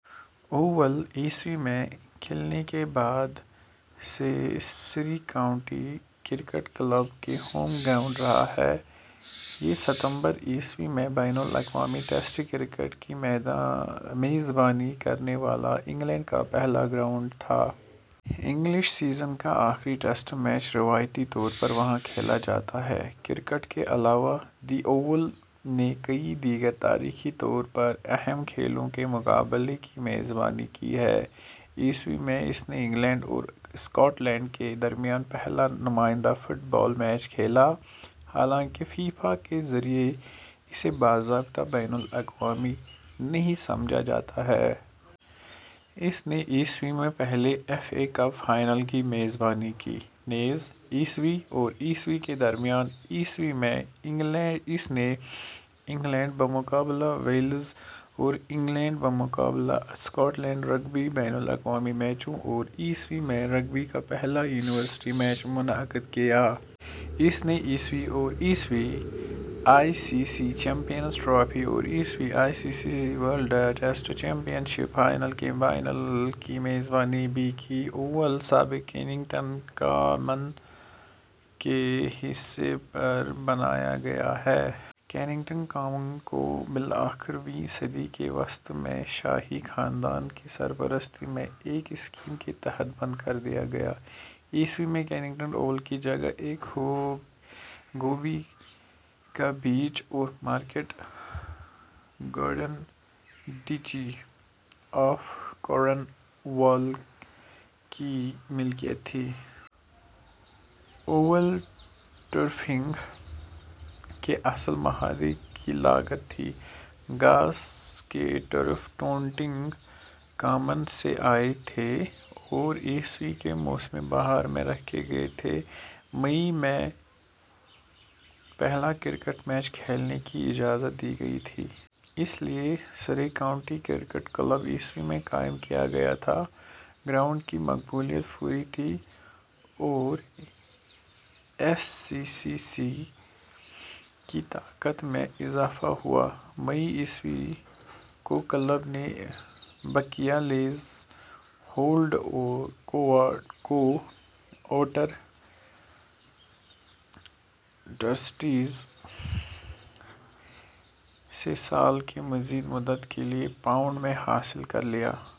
Oval ء میں کھلنے کے بعد سے سرے کاؤنٹی کرکٹ کلب کا ہوم گراؤنڈ رہا ہے۔ یہ ستمبر ء میں بین الاقوامی ٹیسٹ کرکٹ کی میزبانی کرنے والا انگلینڈ کا پہلا گراؤنڈ تھا۔ انگلش سیزن کا آخری ٹیسٹ میچ روایتی طور پر وہاں کھیلا جاتا ہے۔ کرکٹ کے علاوہ، دی اوول نے کئی دیگر تاریخی طور پر اہم کھیلوں کے مقابلوں کی میزبانی کی ہے۔ ء میں، اس نے انگلینڈ اور ا سکاٹ لینڈ کے درمیان پہلا نمائندہ فٹ بال میچ کھیلا، حالانکہ فیفا کے ذریعہ اسے باضابطہ بین الاقوامی نہیں سمجھا جاتا ہے۔ اس نے ء میں پہلے ایف اے کپ فائنل کی میزبانی کی، نیز ء اور ء کے درمیان۔ ء میں، اس نے انگلینڈ بمقابلہ ویلز اور انگلینڈ بمقابلا اسکاٹ لینڈ رگبی بین الاقوامی میچوں اور ء میں، رگبی کا پہلا یونیورسٹی میچ منعقد کیا۔ اس نے ء اور ء I C C champions trophy اور ء I C C world test championship final کے فائنل کی میزبانی بھی کی۔ اوول سابق کیننگٹن کامن کے حصے پر بنایا گیا ہے۔ کیننگٹن کامن کو بالآخر ویں صدی کے وسط میں شاہی خاندان کی سرپرستی میں ایک اسکیم کے تحت بند کر دیا گیا۔ ء میں، کیننگٹن اوول کی جگہ ایک گوبھی کا پیچ اور market garden duchy of Cornwall کی ملکیت تھی۔ اوول ٹرفنگ کے اصل معاہدے کی لاگت تھی ، گھاس کے ٹرف ٹوٹنگ کامن سے آئے تھے اور ء کے موسم بہار میں رکھے گئے تھے مئی میں پہلا کرکٹ میچ کھیلنے کی اجازت دی گئی تھی۔ اس لیے، سرے کاؤنٹی کرکٹ کلب ء میں قائم کیا گیا تھا۔ ۔ گراؤنڈ کی مقبولیت فوری تھی اور ایس سی سی سی کی طاقت میں اضافہ ہوا۔ مئی ء کو کلب نے بقیہ لیز ہولڈ کو اوٹر ٹرسٹیز سے سال کی مزید مدت کے لیے پاؤنڈ میں حاصل کر لیا۔